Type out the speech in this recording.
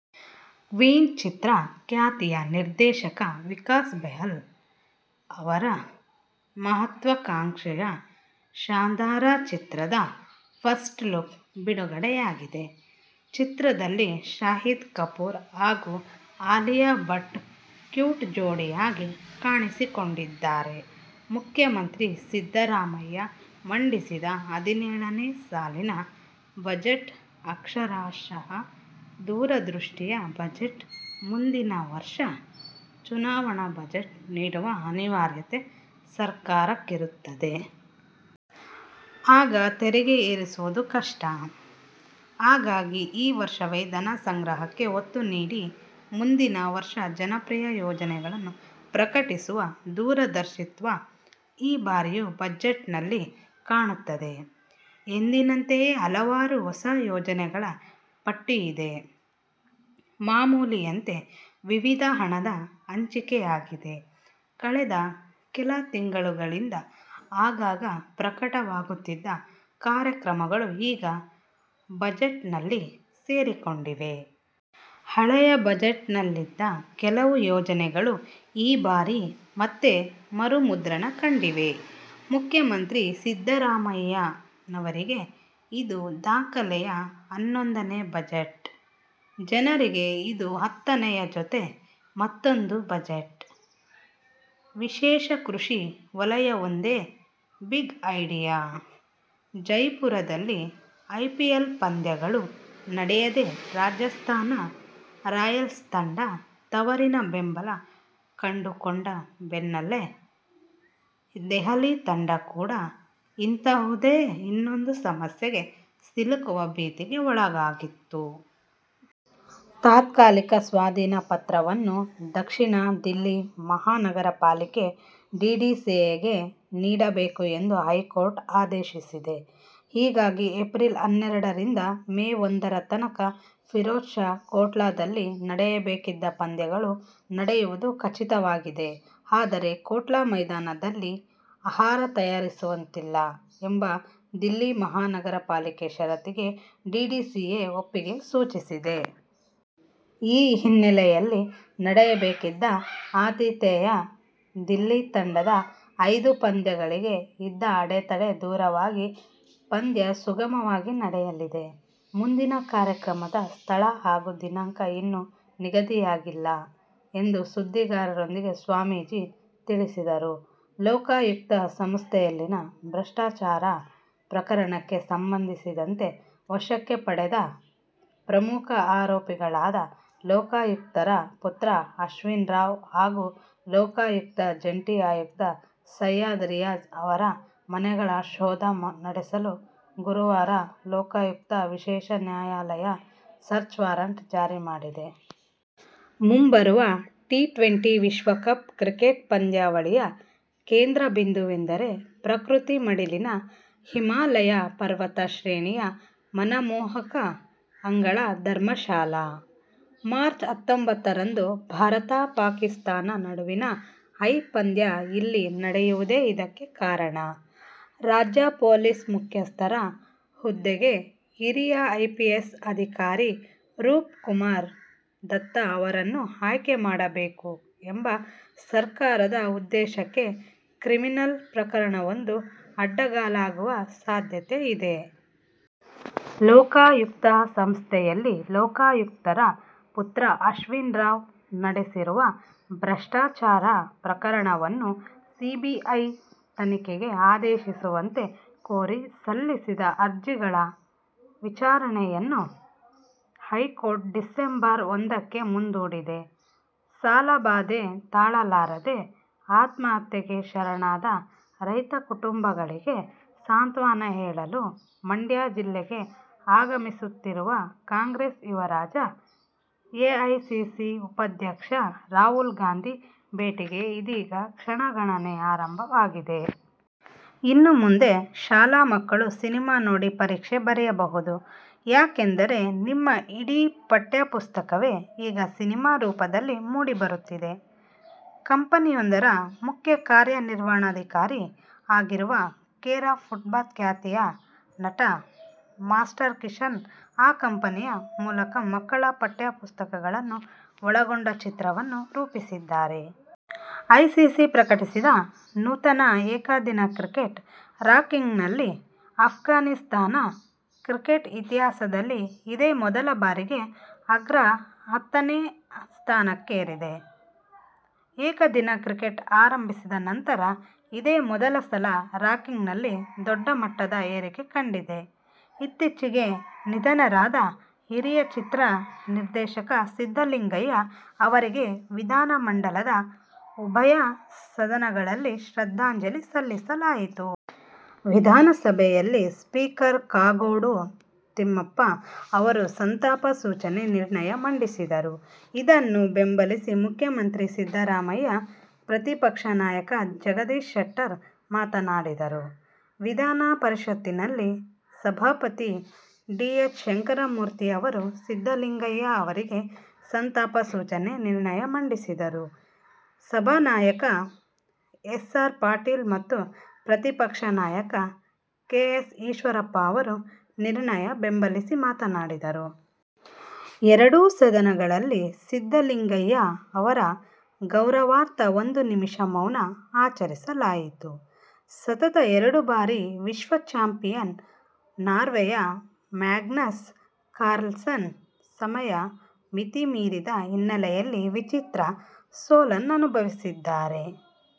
Queen ಚಿತ್ರ ಖ್ಯಾತಿಯ ನಿರ್ದೇಶಕ ವಿಕಾಸ್ ಬೆಹ್ಲ್ ಅವರ ಮಹತ್ವಾಕಾಂಕ್ಷೆಯ ಶಾನ್ದಾರ್ ಚಿತ್ರದ ಫಸ್ಟ್ ಲುಕ್ ಬಿಡುಗಡೆಯಾಗಿದೆ. ಚಿತ್ರದಲ್ಲಿ ಶಾಹಿದ್ ಕಪೂರ್ ಹಾಗೂ ಆಲಿಯಾ ಭಟ್ ಕ್ಯೂಟ್ ಜೋಡಿಯಾಗಿ ಕಾಣಿಸಿಕೊಂಡಿದ್ದಾರೆ. ಮುಖ್ಯಮಂತ್ರಿ ಸಿದ್ದರಾಮಯ್ಯ ಮಂಡಿಸಿದ ಹದಿನೇಳನೇ ಸಾಲಿನ ಬಜೆಟ್ ಅಕ್ಷರಶಃ ದೂರದೃಷ್ಟಿಯ ಬಜೆಟ್. ಮುಂದಿನ ವರ್ಷ ಚುನಾವಣಾ ಬಜೆಟ್ ನೀಡುವ ಅನಿವಾರ್ಯತೆ ಸರ್ಕಾರಕ್ಕಿರುತ್ತದೆ. ಆಗ ತೆರಿಗೆ ಏರಿಸುವುದು ಕಷ್ಟ. ಹಾಗಾಗಿ ಈ ವರ್ಷವೇ ಧನಸಂಗ್ರಹಕ್ಕೆ ಒತ್ತು ನೀಡಿ ಮುಂದಿನ ವರ್ಷ ಜನಪ್ರಿಯ ಯೋಜನೆಗಳನ್ನು ಪ್ರಕಟಿಸುವ ದೂರದರ್ಶಿತ್ವ ಈ ಬಾರಿಯ ಬಜೆಟ್‌ನಲ್ಲಿ ಕಾಣುತ್ತದೆ. ಎಂದಿನಂತೆಯೇ ಹಲವಾರು ಹೊಸ ಯೋಜನೆಗಳ ಪಟ್ಟಿಯಿದೆ. ಮಾಮೂಲಿಯಂತೆ ವಿವಿಧ ಹಣದ ಹಂಚಿಕೆಯಾಗಿದೆ. ಕಳೆದ ಕೆಲ ತಿಂಗಳುಗಳಿಂದ ಆಗಾಗ ಪ್ರಕಟವಾಗುತ್ತಿದ್ದ ಕಾರ್ಯಕ್ರಮಗಳು ಈಗ ಬಜೆಟ್‌ನಲ್ಲಿ ಸೇರಿಕೊಂಡಿವೆ. ಹಳೆಯ ಬಜೆಟ್‌ನಲ್ಲಿದ್ದ ಕೆಲವು ಯೋಜನೆಗಳು ಈ ಬಾರಿ ಮತ್ತೆ ಮರುಮುದ್ರಣ ಕಂಡಿವೆ. ಮುಖ್ಯಮಂತ್ರಿ ಸಿದ್ದರಾಮಯ್ಯನವರಿಗೆ ಇದು ದಾಖಲೆಯ ಹನ್ನೊಂದನೇ ಬಜೆಟ್. ಜನರಿಗೆ ಇದು ಹತ್ತನೆಯ ಜೊತೆ ಮತ್ತೊಂದು ಬಜೆಟ್. ವಿಶೇಷ ಕೃಷಿ ವಲಯವೊಂದೇ ಬಿಗ್ ಐಡಿಯಾ. ಜೈಪುರದಲ್ಲಿ ಐಪಿಎಲ್ ಪಂದ್ಯಗಳು ನಡೆಯದೇ ರಾಜಸ್ಥಾನ ರಾಯಲ್ಸ್ ತಂಡ ತವರಿನ ಬೆಂಬಲ ಕಳೆದುಕೊಂಡ ಬೆನ್ನಲ್ಲೇ ದೆಹಲಿ ತಂಡ ಕೂಡ ಇಂತಹುದೇ ಇನ್ನೊಂದು ಸಮಸ್ಯೆಗೆ ಸಿಲುಕುವ ಭೀತಿಗೆ ಒಳಗಾಗಿತ್ತು. ತಾತ್ಕಾಲಿಕ ಸ್ವಾಧೀನ ಪತ್ರವನ್ನು ದಕ್ಷಿಣ ದಿಲ್ಲಿ ಮಹಾನಗರ ಪಾಲಿಕೆ ಡಿಡಿಸಿಎಗೆ ನೀಡಬೇಕು ಎಂದು ಹೈಕೋರ್ಟ್ ಆದೇಶಿಸಿದೆ. ಹೀಗಾಗಿ ಏಪ್ರಿಲ್ ಹನ್ನೆರಡರಿಂದ ಮೇ ಒಂದರ ತನಕ ಫಿರೋಜ್ ಶಾ ಕೋಟ್ಲಾದಲ್ಲಿ ನಡೆಯಬೇಕಿದ್ದ ಪಂದ್ಯಗಳು ನಡೆಯುವುದು ಖಚಿತವಾಗಿದೆ. ಆದರೆ ಕೋಟ್ಲಾ ಮೈದಾನದಲ್ಲಿ ಆಹಾರ ತಯಾರಿಸುವಂತಿಲ್ಲ ಎಂಬ ದಿಲ್ಲಿ ಮಹಾನಗರ ಪಾಲಿಕೆ ಷರತ್ತಿಗೆ ಡಿಡಿಸಿಎ ಒಪ್ಪಿಗೆ ಸೂಚಿಸಿದೆ. ಈ ಹಿನ್ನೆಲೆಯಲ್ಲಿ ನಡೆಯಬೇಕಿದ್ದ ಆತಿಥೇಯ ದಿಲ್ಲಿ ತಂಡದ ಐದು ಪಂದ್ಯಗಳಿಗೆ ಇದ್ದ ಅಡೆತಡೆ ದೂರವಾಗಿ ಪಂದ್ಯ ಸುಗಮವಾಗಿ ನಡೆಯಲಿದೆ. ಮುಂದಿನ ಕಾರ್ಯಕ್ರಮದ ಸ್ಥಳ ಹಾಗೂ ದಿನಾಂಕ ಇನ್ನು ನಿಗದಿಯಾಗಿಲ್ಲ ಎಂದು ಸುದ್ದಿಗಾರರೊಂದಿಗೆ ಸ್ವಾಮೀಜಿ ತಿಳಿಸಿದರು. ಲೋಕಾಯುಕ್ತ ಸಂಸ್ಥೆಯಲ್ಲಿನ ಭ್ರಷ್ಟಾಚಾರ ಪ್ರಕರಣಕ್ಕೆ ಸಂಬಂಧಿಸಿದಂತೆ ವಶಕ್ಕೆ ಪಡೆದ ಪ್ರಮುಖ ಆರೋಪಿಗಳಾದ ಲೋಕಾಯುಕ್ತರ ಪುತ್ರ ಅಶ್ವಿನ್ ರಾವ್ ಹಾಗೂ ಲೋಕಾಯುಕ್ತ ಜಂಟಿ ಆಯುಕ್ತ ಸಯ್ಯದ್ ರಿಯಾಜ್ ಅವರ ಮನೆಗಳ ಶೋಧ ನಡೆಸಲು ಗುರುವಾರ ಲೋಕಾಯುಕ್ತ ವಿಶೇಷ ನ್ಯಾಯಾಲಯ ಸರ್ಚ್ ವಾರಂಟ್ ಜಾರಿಮಾಡಿದೆ. ಮುಂಬರುವ ಟಿ ಟ್ವೆಂಟಿ ವಿಶ್ವಕಪ್ ಕ್ರಿಕೆಟ್ ಪಂದ್ಯಾವಳಿಯ ಕೇಂದ್ರಬಿಂದುವೆಂದರೆ ಪ್ರಕೃತಿ ಮಡಿಲಿನ ಹಿಮಾಲಯ ಪರ್ವತ ಶ್ರೇಣಿಯ ಮನಮೋಹಕ ಅಂಗಳ ಧರ್ಮಶಾಲಾ. ಮಾರ್ಚ್ ಹತ್ತೊಂಬತ್ತರಂದು ಭಾರತ ಪಾಕಿಸ್ತಾನ ನಡುವಿನ ಹೈ ಪಂದ್ಯ ಇಲ್ಲಿ ನಡೆಯುವುದೇ ಇದಕ್ಕೆ ಕಾರಣ. ರಾಜ್ಯ ಪೊಲೀಸ್ ಮುಖ್ಯಸ್ಥರ ಹುದ್ದೆಗೆ ಹಿರಿಯ ಐಪಿಎಸ್ ಅಧಿಕಾರಿ ರೂಪ್ ಕುಮಾರ್ ದತ್ತಾ ಅವರನ್ನು ಆಯ್ಕೆ ಮಾಡಬೇಕು ಎಂಬ ಸರ್ಕಾರದ ಉದ್ದೇಶಕ್ಕೆ ಕ್ರಿಮಿನಲ್ ಪ್ರಕರಣವೊಂದು ಅಡ್ಡಗಾಲಾಗುವ ಸಾಧ್ಯತೆ ಇದೆ. ಲೋಕಾಯುಕ್ತ ಸಂಸ್ಥೆಯಲ್ಲಿ ಲೋಕಾಯುಕ್ತರ ಪುತ್ರ ಅಶ್ವಿನ್ ರಾವ್ ನಡೆಸಿರುವ ಭ್ರಷ್ಟಾಚಾರ ಪ್ರಕರಣವನ್ನು ಸಿಬಿಐ ತನಿಖೆಗೆ ಆದೇಶಿಸುವಂತೆ ಕೋರಿ ಸಲ್ಲಿಸಿದ್ದ ಅರ್ಜಿಗಳ ವಿಚಾರಣೆಯನ್ನು ಹೈಕೋರ್ಟ್ ಡಿಸೆಂಬರ್ ಒಂದಕ್ಕೆ ಮುಂದೂಡಿದೆ. ಸಾಲಬಾಧೆ ತಾಳಲಾರದೆ ಆತ್ಮಹತ್ಯೆಗೆ ಶರಣಾದ ರೈತ ಕುಟುಂಬಗಳಿಗೆ ಸಾಂತ್ವನ ಹೇಳಲು ಮಂಡ್ಯ ಜಿಲ್ಲೆಗೆ ಆಗಮಿಸುತ್ತಿರುವ ಕಾಂಗ್ರೆಸ್ ಯುವರಾಜ ಎಐಸಿಸಿ ಉಪಾಧ್ಯಕ್ಷ ರಾಹುಲ್ ಗಾಂಧಿ ಭೇಟಿಗೆ ಇದೀಗ ಕ್ಷಣಗಣನೆ ಆರಂಭವಾಗಿದೆ. ಇನ್ನು ಮುಂದೆ ಶಾಲಾ ಮಕ್ಕಳು ಸಿನಿಮಾ ನೋಡಿ ಪರೀಕ್ಷೆ ಬರೆಯಬಹುದು. ಯಾಕೆಂದರೆ ನಿಮ್ಮ ಇಡೀ ಪಠ್ಯಪುಸ್ತಕವೇ ಈಗ ಸಿನಿಮಾ ರೂಪದಲ್ಲಿ ಮೂಡಿಬರುತ್ತಿದೆ. ಕಂಪನಿಯೊಂದರ ಮುಖ್ಯ ಕಾರ್ಯನಿರ್ವಹಣಾಧಿಕಾರಿ ಆಗಿರುವ ಕೇರ್ ಆಫ್ ಫುಟ್‌ಪಾತ್ ಖ್ಯಾತಿಯ ನಟ ಮಾಸ್ಟರ್ ಕಿಶನ್ ಆ ಕಂಪನಿಯ ಮೂಲಕ ಮಕ್ಕಳ ಪಠ್ಯಪುಸ್ತಕಗಳನ್ನು ಒಳಗೊಂಡ ಚಿತ್ರವನ್ನು ರೂಪಿಸಿದ್ದಾರೆ. ಐಸಿಸಿ ಪ್ರಕಟಿಸಿದ ನೂತನ ಏಕದಿನ ಕ್ರಿಕೆಟ್ ರಾಂಕಿಂಗ್‌ನಲ್ಲಿ ಆಫ್ಘಾನಿಸ್ತಾನ ಕ್ರಿಕೆಟ್ ಇತಿಹಾಸದಲ್ಲಿ ಇದೇ ಮೊದಲ ಬಾರಿಗೆ ಅಗ್ರ ಹತ್ತನೇ ಸ್ಥಾನಕ್ಕೇರಿದೆ. ಏಕದಿನ ಕ್ರಿಕೆಟ್ ಆರಂಭಿಸಿದ ನಂತರ ಇದೇ ಮೊದಲ ಸಲ ರಾಂಕಿಂಗ್‌ನಲ್ಲಿ ದೊಡ್ಡ ಮಟ್ಟದ ಏರಿಕೆ ಕಂಡಿದೆ. ಇತ್ತೀಚೆಗೆ ನಿಧನರಾದ ಹಿರಿಯ ಚಿತ್ರ ನಿರ್ದೇಶಕ ಸಿದ್ದಲಿಂಗಯ್ಯ ಅವರಿಗೆ ವಿಧಾನಮಂಡಲದ ಉಭಯ ಸದನಗಳಲ್ಲಿ ಶ್ರದ್ಧಾಂಜಲಿ ಸಲ್ಲಿಸಲಾಯಿತು. ವಿಧಾನಸಭೆಯಲ್ಲಿ ಸ್ಪೀಕರ್ ಕಾಗೋಡು ತಿಮ್ಮಪ್ಪ ಅವರು ಸಂತಾಪ ಸೂಚನೆ ನಿರ್ಣಯ ಮಂಡಿಸಿದರು. ಇದನ್ನು ಬೆಂಬಲಿಸಿ ಮುಖ್ಯಮಂತ್ರಿ ಸಿದ್ದರಾಮಯ್ಯ ಪ್ರತಿಪಕ್ಷ ನಾಯಕ ಜಗದೀಶ್ ಶೆಟ್ಟರ್ ಮಾತನಾಡಿದರು. ವಿಧಾನ ಪರಿಷತ್ತಿನಲ್ಲಿ ಸಭಾಪತಿ ಡಿ ಎಚ್ ಶಂಕರಮೂರ್ತಿ ಅವರು ಸಿದ್ದಲಿಂಗಯ್ಯ ಅವರಿಗೆ ಸಂತಾಪ ಸೂಚನೆ ನಿರ್ಣಯ ಮಂಡಿಸಿದರು. ಸಭಾನಾಯಕ ಎಸ್ ಆರ್ ಪಾಟೀಲ್ ಮತ್ತು ಪ್ರತಿಪಕ್ಷ ನಾಯಕ ಕೆ ಎಸ್ ಈಶ್ವರಪ್ಪ ಅವರು ನಿರ್ಣಯ ಬೆಂಬಲಿಸಿ ಮಾತನಾಡಿದರು. ಎರಡೂ ಸದನಗಳಲ್ಲಿ ಸಿದ್ದಲಿಂಗಯ್ಯ ಅವರ ಗೌರವಾರ್ಥ ಒಂದು ನಿಮಿಷ ಮೌನ ಆಚರಿಸಲಾಯಿತು. ಸತತ ಎರಡು ಬಾರಿ ವಿಶ್ವ ಚಾಂಪಿಯನ್ ನಾರ್ವೆಯ ಮ್ಯಾಗ್ನಸ್ ಕಾರ್ಲ್ಸನ್ ಸಮಯ ಮಿತಿ ಮೀರಿದ ಹಿನ್ನೆಲೆಯಲ್ಲಿ ವಿಚಿತ್ರ ಸೋಲನ್ನನುಭವಿಸಿದ್ದಾರೆ.